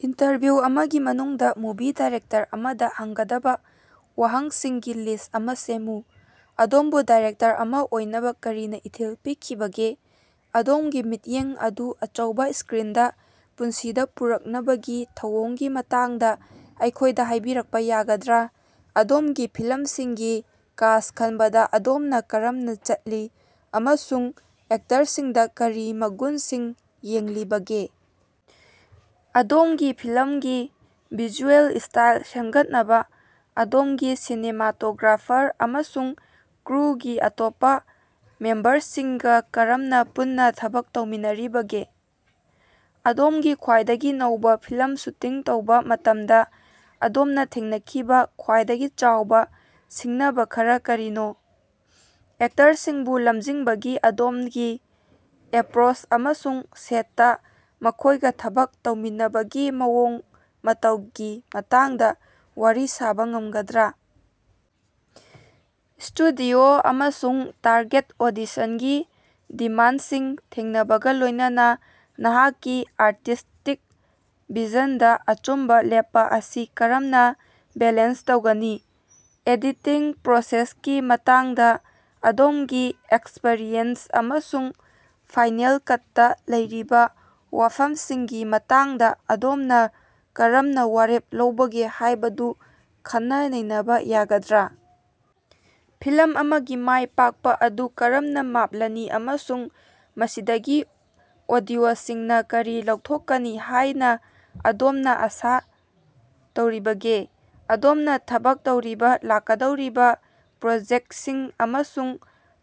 Interview ꯑꯃꯒꯤ ꯃꯅꯨꯡꯗ movie director ꯑꯃꯗ ꯍꯪꯒꯗꯕ ꯋꯥꯍꯪꯁꯤꯡꯒꯤ ꯂꯤꯁ꯭ꯠ ꯑꯃꯥ ꯁꯦꯝꯃꯨ꯫ ꯑꯗꯣꯝꯕꯨ ꯗꯥꯏꯔꯦꯛꯇꯔ ꯑꯃꯥ ꯑꯣꯏꯅꯕ ꯀꯔꯤꯅ ꯏꯊꯤꯜ ꯄꯤꯈꯤꯕꯒꯦ? ꯑꯗꯣꯝꯒꯤ ꯃꯤꯠꯌꯦꯡ ꯑꯗꯨ ꯑꯆꯧꯕ ꯁ꯭ꯀꯔꯤꯟꯗ ꯄꯨꯟꯁꯤꯗ ꯄꯨꯔꯛꯅꯕꯒꯤ ꯊꯧꯑꯣꯡꯒꯤ ꯃꯇꯥꯡꯗ ꯑꯩꯈꯣꯏꯗ ꯍꯥꯏꯕꯤꯔꯛꯄ ꯌꯥꯒꯗ꯭ꯔꯥ? ꯑꯗꯣꯝꯒꯤ ꯐꯤꯂꯝꯁꯤꯡꯒꯤ ꯀꯥꯁ꯭ꯠ ꯈꯟꯕꯗ ꯑꯗꯣꯝꯅ ꯀꯔꯝꯅ ꯆꯠꯂꯤ, ꯑꯃꯁꯨꯡ ꯑꯦꯛꯇꯔꯁꯤꯡꯗ ꯀꯔꯤ ꯃꯒꯨꯟꯁꯤꯡ ꯌꯦꯡꯂꯤꯕꯒꯦ? ꯑꯗꯣꯝꯒꯤ ꯐꯤꯂꯝꯒꯤ ꯚꯤꯖꯨꯑꯦꯜ ꯁ꯭ꯇꯥꯏꯜ ꯁꯦꯝꯒꯠꯅꯕ ꯑꯗꯣꯝꯒꯤ ꯁꯤꯅꯦꯃꯥꯇꯣꯒ꯭ꯔꯥꯐꯥꯔ ꯑꯃꯁꯨꯡ ꯀ꯭ꯔꯨꯒꯤ ꯑꯇꯣꯞꯄ ꯃꯦꯝꯕꯔꯁꯤꯡꯒ ꯀꯔꯝꯅ ꯄꯨꯟꯅ ꯊꯕꯛ ꯇꯧꯃꯤꯟꯅꯔꯤꯕꯒꯦ? ꯑꯗꯣꯝꯒꯤ ꯈ꯭ꯋꯥꯏꯗꯒꯤ ꯅꯧꯕ ꯐꯤꯂꯝ ꯁꯨꯇꯤꯡ ꯇꯧꯕ ꯃꯇꯝꯗ ꯑꯗꯣꯝꯅ ꯊꯦꯡꯅꯈꯤꯕ ꯈ꯭ꯋꯥꯏꯗꯒꯤ ꯆꯥꯎꯕ ꯁꯤꯡꯅꯕ ꯈꯔꯥ ꯀꯔꯤꯅꯣ? ꯑꯦꯛꯇꯔꯁꯤꯡꯕꯨ ꯂꯝꯖꯤꯡꯕꯒꯤ ꯑꯗꯣꯝꯒꯤ ꯑꯦꯄꯔꯣꯆ ꯑꯃꯁꯨꯡ ꯁꯦꯠꯇꯥ ꯃꯈꯣꯏꯒ ꯊꯕꯛ ꯇꯧꯃꯤꯟꯅꯕꯒꯤ ꯃꯑꯣꯡ ꯃꯇꯧꯒꯤ ꯃꯇꯥꯡꯗ ꯋꯥꯔꯤ ꯁꯥꯕ ꯉꯝꯒꯗ꯭ꯔꯥ? ꯁ꯭ꯇꯨꯗꯤꯑꯣ ꯑꯃꯁꯨꯡ ꯇꯥꯔꯒꯦꯠ ꯑꯣꯗꯤꯁꯟꯒꯤ ꯗꯤꯃꯥꯟꯗꯁꯤꯡ ꯊꯦꯡꯅꯕꯒ ꯂꯣꯏꯅꯅ ꯅꯍꯥꯛꯀꯤ ꯑꯥꯔꯇꯤꯁ꯭ꯇꯤꯛ ꯚꯤꯖꯟꯗ ꯑꯆꯨꯝꯕ ꯂꯦꯞꯄ ꯑꯁꯤ ꯀꯔꯝꯅ ꯕꯦꯂꯦꯟꯁ ꯇꯧꯒꯅꯤ? ꯑꯦꯗꯤꯇꯤꯡ ꯄ꯭ꯔꯣꯁꯦꯁꯀꯤ ꯃꯇꯥꯡꯗ ꯑꯗꯣꯝꯒꯤ ꯑꯦꯛꯁꯄꯔꯤꯌꯦꯟꯁ ꯑꯃꯁꯨꯡ ꯐꯥꯏꯅꯦꯜ ꯀꯠꯇ ꯂꯩꯔꯤꯕ ꯋꯥꯐꯝꯁꯤꯡꯒꯤ ꯃꯇꯥꯡꯗ ꯑꯗꯣꯝꯅ ꯀꯔꯝꯅ ꯋꯥꯔꯦꯞ ꯂꯧꯕꯒꯦ ꯍꯥꯏꯕꯗꯨ ꯈꯟꯅ-ꯅꯩꯅꯕ ꯌꯥꯒꯗ꯭ꯔꯥ? ꯐꯤꯂꯝ ꯑꯃꯒꯤ ꯃꯥꯏ ꯄꯥꯛꯄ ꯑꯗꯨ ꯀꯔꯝꯅ ꯃꯥꯞꯂꯅꯤ ꯑꯃꯁꯨꯡ ꯃꯁꯤꯗꯒꯤ ꯑꯣꯗꯤꯑꯣꯁꯤꯡꯅ ꯀꯔꯤ ꯂꯧꯊꯣꯛꯀꯅꯤ ꯍꯥꯏꯅ ꯑꯗꯣꯝꯅ ꯑꯥꯁꯥ ꯇꯧꯔꯤꯕꯒꯦ? ꯑꯗꯣꯝꯅ ꯊꯕꯛ ꯇꯧꯔꯤꯕꯥ ꯂꯥꯛꯀꯗꯧꯔꯤꯕ ꯄ꯭ꯔꯣꯖꯦꯛꯇꯁꯤꯡ ꯑꯃꯁꯨꯡ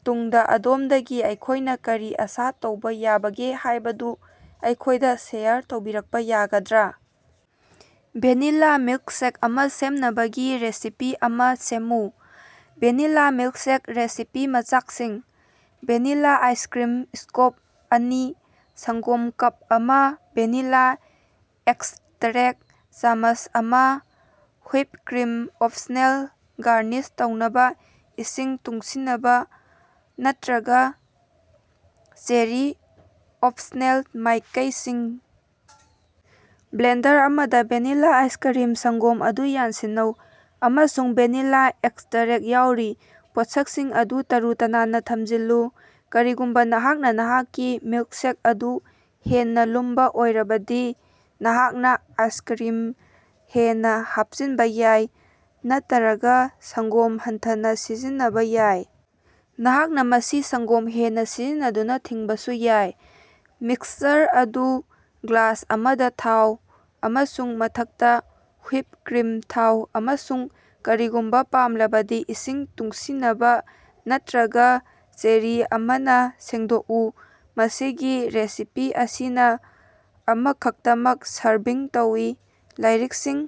ꯇꯨꯡꯗ ꯑꯗꯣꯝꯗꯒꯤ ꯑꯩꯈꯣꯏꯅ ꯀꯔꯤ ꯑꯁꯥ ꯇꯧꯕ ꯌꯥꯕꯒꯦ ꯍꯥꯏꯕꯗꯨ ꯑꯩꯈꯣꯏꯗ ꯁꯦꯌꯔ ꯇꯧꯕꯤꯔꯛꯄꯥ ꯌꯥꯒꯗ꯭ꯔꯥ? ꯚꯦꯅꯤꯂꯥ ꯃꯤꯜꯛꯁꯦꯛ ꯑꯃꯥ ꯁꯦꯝꯅꯕꯒꯤ ꯔꯦꯁꯤꯄꯤ ꯑꯃꯥ ꯁꯦꯝꯃꯨ꯫ ꯚꯦꯅꯤꯂꯥ ꯃꯤꯜꯛꯁꯦꯛ ꯔꯦꯁꯤꯄꯤ ꯃꯆꯥꯛꯁꯤꯡ: ꯚꯦꯅꯤꯂꯥ ꯑꯥꯏꯁꯀꯔꯤꯝ ꯁ꯭ꯀꯣꯞ ꯑꯅꯤ ꯁꯪꯒꯣꯝ ꯀꯞ ꯑꯃ ꯚꯦꯅꯤꯂꯥ ꯑꯦꯛꯁꯇꯔꯦꯛ ꯆꯥꯃꯆ ꯑꯃ ꯍꯨꯏꯞ ꯀ꯭ꯔꯤꯝ ꯑꯣꯞꯁꯅꯦꯜ ꯒꯥꯔꯅꯤꯁ ꯇꯧꯅꯕ ꯏꯁꯤꯡ ꯇꯨꯡꯁꯤꯅꯕ ꯅꯠꯇꯔꯒ ꯆꯦꯔꯤ ꯑꯣꯄꯁꯅꯦꯜ ꯃꯥꯏꯀꯩꯁꯤꯡ: ꯕ꯭ꯂꯦꯟꯗꯔ ꯑꯃꯗ ꯚꯦꯅꯤꯂꯥ ꯑꯥꯏꯁꯀꯔꯤꯝ, ꯁꯪꯒꯣꯝ ꯑꯗꯨ ꯌꯥꯟꯁꯤꯟꯅꯧ꯫ ꯑꯃꯁꯨꯡ ꯚꯦꯅꯤꯂꯥ ꯑꯦꯛꯁꯇꯔꯦꯛ ꯌꯥꯎꯔꯤ꯫ ꯄꯣꯠꯁꯛꯁꯤꯡ ꯑꯗꯨ ꯇꯔꯨ-ꯇꯅꯥꯟꯅ ꯊꯝꯖꯤꯜꯂꯨ꯫ ꯀꯔꯤꯒꯨꯝꯕ ꯅꯍꯥꯛꯅ ꯅꯍꯥꯛꯀꯤ ꯃꯤꯜꯛꯁꯦꯛ ꯑꯗꯨ ꯍꯦꯟꯅ ꯂꯨꯝꯕꯥ ꯑꯣꯏꯔꯕꯗꯤ, ꯅꯍꯥꯛꯅ ꯑꯥꯏꯁꯀꯔꯤꯝ ꯍꯦꯟꯅ ꯍꯥꯞꯆꯤꯟꯕ ꯌꯥꯏ ꯅꯠꯇꯔꯒ ꯁꯪꯒꯣꯝ ꯍꯟꯊꯅꯥ ꯁꯤꯖꯤꯟꯅꯕ ꯌꯥꯏ꯫ ꯅꯍꯥꯛꯅ ꯃꯁꯤ ꯁꯪꯒꯣꯝ ꯍꯦꯟꯅ ꯁꯤꯖꯤꯟꯅꯗꯨꯅ ꯊꯤꯡꯕꯁꯨ ꯌꯥꯏ꯫ ꯃꯤꯛꯁꯆꯔ ꯑꯗꯨ ꯒ꯭ꯂꯥꯁ ꯑꯃꯗ ꯊꯥꯎ ꯑꯃꯁꯨꯡ ꯃꯊꯛꯇ ꯍꯨꯏꯞ ꯀ꯭ꯔꯤꯝ ꯊꯥꯎ ꯑꯃꯁꯨꯡ ꯀꯔꯤꯒꯨꯝꯕ ꯄꯥꯝꯂꯕꯗꯤ ꯏꯁꯤꯡ ꯇꯨꯡꯁꯤꯅꯕ ꯅꯠꯇꯔꯒ ꯆꯦꯔꯤ ꯑꯃꯅ ꯁꯦꯡꯗꯣꯛꯎ꯫ ꯃꯁꯤꯒꯤ ꯔꯦꯁꯤꯄꯤ ꯑꯁꯤꯅ ꯑꯃꯈꯛꯇꯃꯛ ꯁꯔꯚꯤꯡ ꯇꯧꯏ꯫ ꯂꯥꯏꯔꯤꯛꯁꯤꯡ